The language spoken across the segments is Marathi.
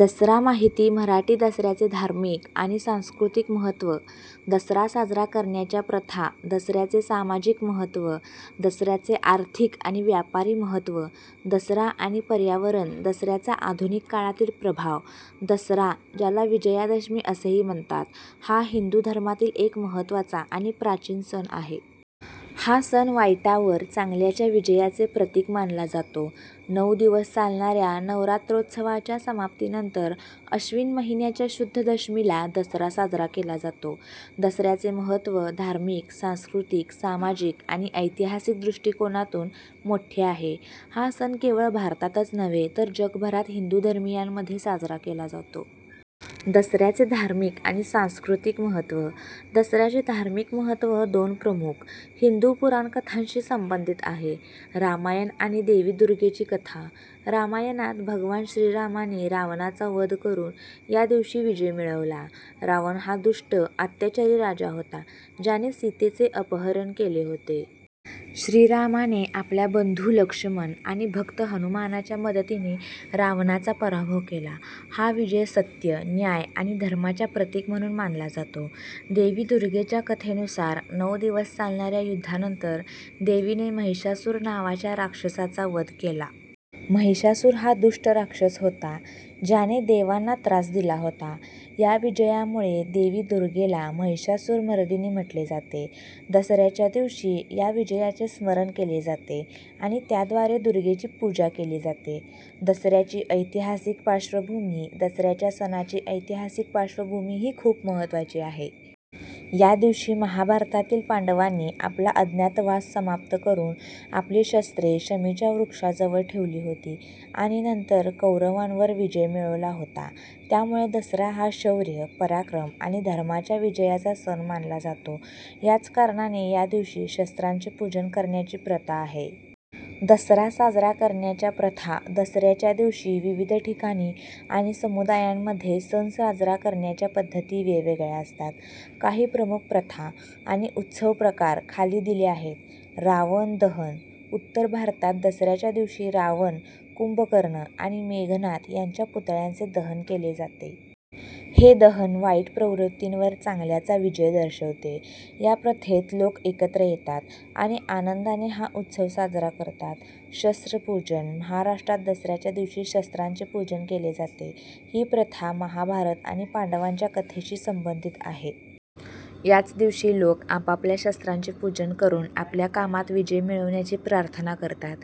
दसरा माहिती मराठी दसऱ्याचे धार्मिक आणि सांस्कृतिक महत्त्व दसरा साजरा करण्याच्या प्रथा दसऱ्याचे सामाजिक महत्त्व दसऱ्याचे आर्थिक आणि व्यापारी महत्त्व दसरा आणि पर्यावरण दसऱ्याचा आधुनिक काळातील प्रभाव दसरा, ज्याला विजयादशमी असेही म्हणतात, हा हिंदू धर्मातील एक महत्त्वाचा आणि प्राचीन सण आहे. हा सण वाईटावर चांगल्याच्या विजयाचे प्रतीक मानला जातो. नऊ दिवस चालणाऱ्या नवरात्रोत्सवाच्या समाप्तीनंतर अश्विन महिन्याच्या शुद्ध दशमीला दसरा साजरा केला जातो. दसऱ्याचे महत्त्व धार्मिक, सांस्कृतिक, सामाजिक आणि ऐतिहासिक दृष्टिकोनातून मोठे आहे. हा सण केवळ भारतातच नव्हे, तर जगभरात हिंदू धर्मीयांमध्ये साजरा केला जातो. दसऱ्याचे धार्मिक आणि सांस्कृतिक महत्त्व, दसऱ्याचे धार्मिक महत्त्व दोन प्रमुख हिंदू पुराणकथांशी संबंधित आहे, रामायण आणि देवी दुर्गेची कथा. रामायणात भगवान श्रीरामाने रावणाचा वध करून या दिवशी विजय मिळवला. रावण हा दुष्ट, अत्याचारी राजा होता, ज्याने सीतेचे अपहरण केले होते. श्रीरामाने आपल्या बंधू लक्ष्मण आणि भक्त हनुमानाच्या मदतीने रावणाचा पराभव केला. हा विजय सत्य, न्याय आणि धर्माच्या प्रतीक म्हणून मानला जातो. देवी दुर्गेच्या कथेनुसार, नऊ दिवस चालणाऱ्या युद्धानंतर देवीने महिषासुर नावाच्या राक्षसाचा वध केला. महिषासुर हा दुष्ट राक्षस होता, ज्याने देवांना त्रास दिला होता. या विजयामुळे देवी दुर्गेला महिषासुरमर्दिनी म्हटले जाते. दसऱ्याच्या दिवशी या विजयाचे स्मरण केले जाते आणि त्याद्वारे दुर्गेची पूजा केली जाते. दसऱ्याची ऐतिहासिक पार्श्वभूमी, दसऱ्याच्या सणाची ऐतिहासिक पार्श्वभूमीही खूप महत्त्वाची आहे. या दिवशी महाभारतातील पांडवांनी आपला अज्ञातवास समाप्त करून आपली शस्त्रे शमीच्या वृक्षाजवळ ठेवली होती आणि नंतर कौरवांवर विजय मिळवला होता. त्यामुळे दसरा हा शौर्य, पराक्रम आणि धर्माच्या विजयाचा सण मानला जातो. याच कारणाने या दिवशी शस्त्रांचे पूजन करण्याची प्रथा आहे. दसरा साजरा करण्याच्या प्रथा, दसऱ्याच्या दिवशी विविध ठिकाणी आणि समुदायांमध्ये सण साजरा करण्याच्या पद्धती वेगवेगळ्या असतात. काही प्रमुख प्रथा आणि उत्सव प्रकार खाली दिले आहेत. रावण दहन, उत्तर भारतात दसऱ्याच्या दिवशी रावण, कुंभकर्ण आणि मेघनाद यांच्या पुतळ्यांचे दहन केले जाते. हे दहन वाईट प्रवृत्तींवर चांगल्याचा विजय दर्शवते. या प्रथेत लोक एकत्र येतात आणि आनंदाने हा उत्सव साजरा करतात. शस्त्र पूजन, महाराष्ट्रात दसऱ्याच्या दिवशी शस्त्रांचे पूजन केले जाते. ही प्रथा महाभारत आणि पांडवांच्या कथेशी संबंधित आहे. याच दिवशी लोक आपापल्या शस्त्रांचे पूजन करून आपल्या कामात विजय मिळवण्याची प्रार्थना करतात.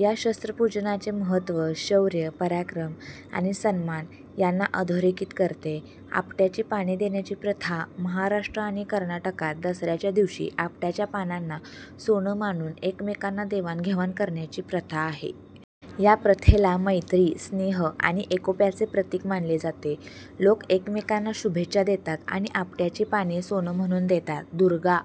या शस्त्रपूजनाचे महत्त्व शौर्य, पराक्रम आणि सन्मान यांना अधोरेखित करते. आपट्याची पाने देण्याची प्रथा, महाराष्ट्र आणि कर्नाटकात दसऱ्याच्या दिवशी आपट्याच्या पानांना सोनं मानून एकमेकांना देवाणघेवाण करण्याची प्रथा आहे. या प्रथेला मैत्री, स्नेह आणि एकोप्याचे प्रतीक मानले जाते. लोक एकमेकांना शुभेच्छा देतात आणि आपट्याची पाने सोनं म्हणून देतात. दुर्गा